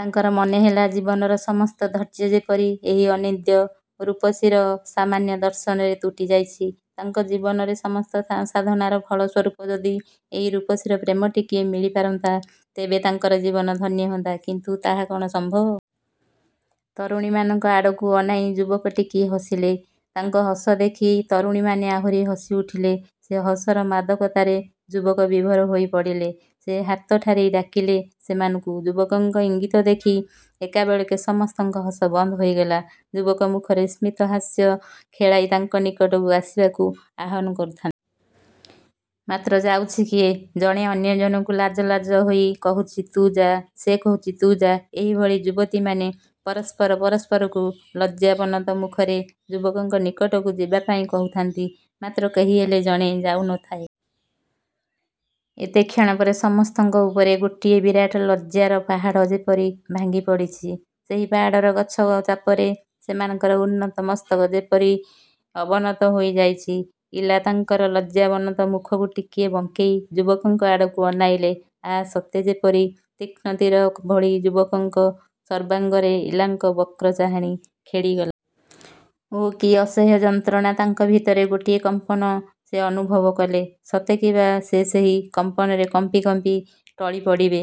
ତାଙ୍କର ମନେହେଲା ଜୀବନର ସମସ୍ତ ଧୈର୍ଯ୍ୟ ଯେପରି ଏହି ଅନିନ୍ଦ୍ୟ ରୂପସୀର ସାମାନ୍ୟ ଦର୍ଶନରେ ତୁଟି ଯାଇଛି। ତାଙ୍କ ଜୀବନର ସମସ୍ତ ସାଧନାର ଫଳ ସ୍ୱରୂପ ଯଦି ଏହି ରୂପସୀର ପ୍ରେମ ଟିକିଏ ମିଳିପାରନ୍ତା ତେବେ ତାଙ୍କର ଜୀବନ ଧନ୍ୟ ହୁଅନ୍ତା। କିନ୍ତୁ ତାହା କଣ ସମ୍ଭବ? ତରୁଣୀମାନଙ୍କ ଆଡ଼କୁ ଅନାଇ ଯୁବକ ଟିକିଏ ହସିଲେ। ତାଙ୍କ ହସ ଦେଖି ତରୁଣୀମାନେ ଆହୁରି ହସି ଉଠିଲେ। ସେ ହସର ମାଦକତାରେ ଯୁବକ ବିଭୋର ହୋଇ ପଡ଼ିଲେ-। ସେ ହାତଠାରି ଡାକିଲେ ସେମାନଙ୍କୁ। ଯୁବକଙ୍କ ଇଙ୍ଗିତ ଦେଖି ଏକାବେଳକେ ସମସ୍ତଙ୍କ ହସ ବନ୍ଦ ହୋଇଗଲା। ଯୁବକ ମୁଖରେ ସ୍ମିତହାସ୍ୟ ଖେଳାଇ ତାଙ୍କ ନିକଟକୁ ଆସିବାକୁ ଆହ୍ୱାନ କରୁଥାନ୍ତି। ମାତ୍ର ଯାଉଛି କିଏ? ଜଣେ ଅନ୍ୟ ଜଣଙ୍କୁ ଲାଜ ଲାଜ ହୋଇ କହୁଛି, ତୁ ଯା। ସେ କହୁଛି ତୁ ଯା। ଏହି ଭଳି ଯୁବତୀମାନେ ପରସ୍ପର ପରସ୍ପରକୁ ଲଜ୍ଜାବନତ ମୁଖରେ ଯୁବକଙ୍କ ନିକଟକୁ ଯିବାପାଇଁ କହୁଥାନ୍ତି। ମାତ୍ର କେହି ହେଲେ ଜଣେ ଯାଉ ନ ଥାଏ। ଏତେ କ୍ଷଣପରେ ସମସ୍ତଙ୍କ ଉପରେ ଗୋଟାଏ ବିରାଟ ଲଜ୍ଜାର ପାହାଡ଼ ଯେପରି ଭାଙ୍ଗି ପଡ଼ିଛି। ସେହି ପାହାଡ଼ର ଗଛ ଚାପରେ ସେମାନଙ୍କର ଉନ୍ନତ ମସ୍ତକ ଯେପରି ଅବନତ ହୋଇ ଯାଇଛି। ଇଳା ତାଙ୍କର ଲଜ୍ଜାବନତ ମୁଖକୁ ଟିକିଏ ବଙ୍କେଇ ଯୁବକଙ୍କ ଆଡ଼କୁ ଅନାଇଲେ। ଆଃ–ସତେ ଯେପରି ତୀକ୍ଷ୍ଣ ତୀର ଭଳି ଯୁବକଙ୍କ ସର୍ବାଙ୍ଗରେ ଇଳାଙ୍କ ବକ୍ରଚାହାଣୀ ଖେଳିଗଲା। ଓଃ! କି ଅସହ୍ୟ ଯନ୍ତ୍ରଣା! ତାଙ୍କ ଭିତରେ ଗୋଟାଏ କମ୍ପନ ସେ ଅନୁଭବ କଲେ। ସତେ କିବା ସେ ସେହି କମ୍ପନରେ କମ୍ପି କମ୍ପି ଟଳିପଡ଼ିବେ।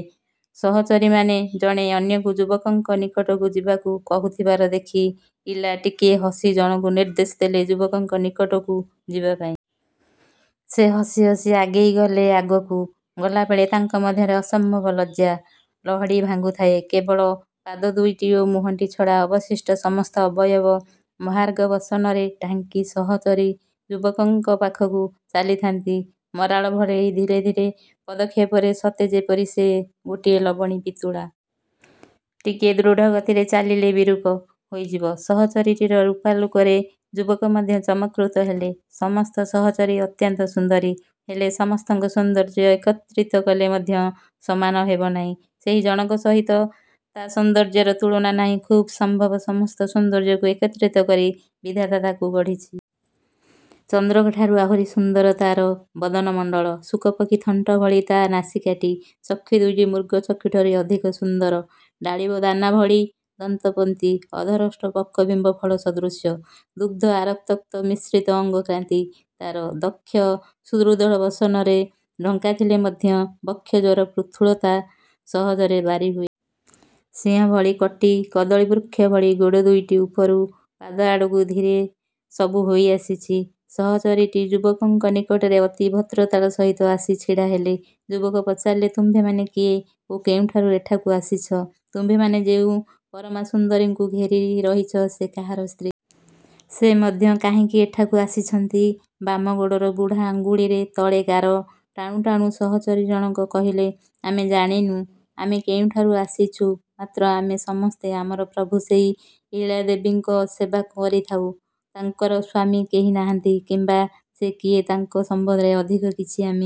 ସହଚରୀମାନେ ଜଣେ ଅନ୍ୟକୁ ଯୁବକଙ୍କ ନିକଟକୁ ଯିବାକୁ କହୁଥିବାର ଦେଖି ଇଳା ଟିକିଏ ହସି ଜଣକୁ ନିର୍ଦ୍ଦେଶ ଦେଲେ ଯୁବକଙ୍କ ନିକଟକୁ ଯିବାପାଇଁ। ସେ ହସି ହସି ଆଗେଇଗଲେ ଆଗକୁ। ଗଲାବେଳେ ତାଙ୍କ ମଧ୍ୟରେ ଅସମ୍ଭବ ଲଜ୍ୟା ଲହଡ଼ି ଭାଙ୍ଗୁଥାଏ। କେବଳ ପାଦ ଦୁଇଟି ଓ ମୁହଁଟି ଛଡ଼ା ଅବଶିଷ୍ଟ ସମସ୍ତ ଅବୟବ ମହାର୍ଘ ବସନରେ ଢାଙ୍କି ସହଚରୀ ଯୁବକଙ୍କ ପାଖକୁ ଚାଲିଥାନ୍ତି ମରାଳ ଭଳି ଧୀର ପଦକ୍ଷେପରେ। ସତେ ଯେପରି ସେ ଗୋଟିଏ ଲବଣୀ ପିତୁଳା। ଟିକିଏ ଦୃଢ଼ ଗତିରେ ଚାଲିଲେ ବିରୂପ ହୋଇଯିବ। ସହଚରୀଟିର ରୂପାଲୋକରେ ଯୁବକ ମଧ୍ୟ ଚମତ୍କୃତ ହେଲେ। ସମସ୍ତ ସହଚରୀ ଅତ୍ୟନ୍ତ ସୁନ୍ଦରୀ। ହେଲେ ସମସ୍ତଙ୍କ ସୌନ୍ଦର୍ଯ୍ୟ ଏକତ୍ରିତ କଲେ ମଧ୍ୟ ସମାନ ହେବନାହିଁ ସେହି ଜଣକ ସହିତ। ତା ସୌନ୍ଦର୍ଯ୍ୟର ତୁଳନା ନାହିଁ। ଖୁବ୍ ସମ୍ଭବ ସମସ୍ତ ସୌନ୍ଦର୍ଯ୍ୟକୁ ଏକତ୍ରିତ କରି ବିଧାତା ତାକୁ ଗଢ଼ିଛି। ଚନ୍ଦ୍ରଙ୍କଠାରୁ ଆହୁରି ସୁନ୍ଦର ତାର ବଦନମଣ୍ଡଳ। ଶୁକପକ୍ଷୀ ଥଣ୍ଟ ଭଳି ତା ନାସିକାଟି। ଚକ୍ଷୁ ଦୁଇଟି ମୃଗ ଚକ୍ଷୁଠାରୁ ଅଧିକ ସୁନ୍ଦର। ଡାଳିମ୍ୱ ଦାନାଭଳି ଦନ୍ତପନ୍ତି। ଅଧରୋଷ୍ଠ ପକ୍ୱ ବିମ୍ୱଫଳ ସଦୃଶ୍ୟ। ଦୁଗ୍ଧ ଆରକ୍ତକ ମିଶ୍ରିତ ଅଙ୍ଗକାନ୍ତି ତାର। ବକ୍ଷ ସୁରୁଢ଼ ବସନରେ ଢଙ୍କାଥିଲେ ମଧ୍ୟ ବକ୍ଷୋଜର ପୃଥୁଳତା ସହଜରେ ବାରିହୁଏ। ସିଂହ ଭଳି କଟି। କଦଳୀ ବୃକ୍ଷ ଭଳି ଗୋଡ଼ଦୁଇଟି ଉପରୁ ପାଦଆଡ଼କୁ ଧୀରେ ସବୁ ହୋଇଆସିଛି। ସହଚରୀଟି ଯୁବକଙ୍କ ନିକଟରେ ଅତି ଭଦ୍ରତାର ସହିତ ଆସି ଛିଡ଼ା ହେଲେ। ଯୁବକ ପଚାରିଲେ, ତୁମ୍ଭେମାନେ କିଏ ଓ କେଉଁଠାରୁ ଏଠାକୁ ଆସିଛ। ତୁମ୍ଭେମାନେ ଯେଉଁ ପରମାସୁନ୍ଦରୀଙ୍କୁ ଘେରି ରହିଛ ସେ କାହାର ସ୍ତ୍ରୀ। ସେ ମଧ୍ୟ କାହିଁକି ଏଠାକୁ ଆସିଛନ୍ତି? ବାମଗୋଡ଼ର ବୁଢ଼ା ଅଙ୍ଗୁଳିରେ ତଳେ ଗାର କାଟୁ କାଟୁ ସହଚରୀ ଜଣକ କହିଲେ, ଆମେ ଜାଣିନୁ ଆମେ କେଉଁଠାରୁ ଆସିଛୁ। ମାତ୍ର ଆମେ ସମସ୍ତେ ଆମର ପ୍ରଭୁ ସେହି ଇଳାଦେବୀଙ୍କ ସେବା କରିଥାଉ। ତାଙ୍କର ସ୍ୱାମୀ କେହିନାହାନ୍ତି କିମ୍ୱା ସେ କିଏ ତାଙ୍କ ସମ୍ୱନ୍ଧରେ ଅଧିକ କିଛି ଆମେ।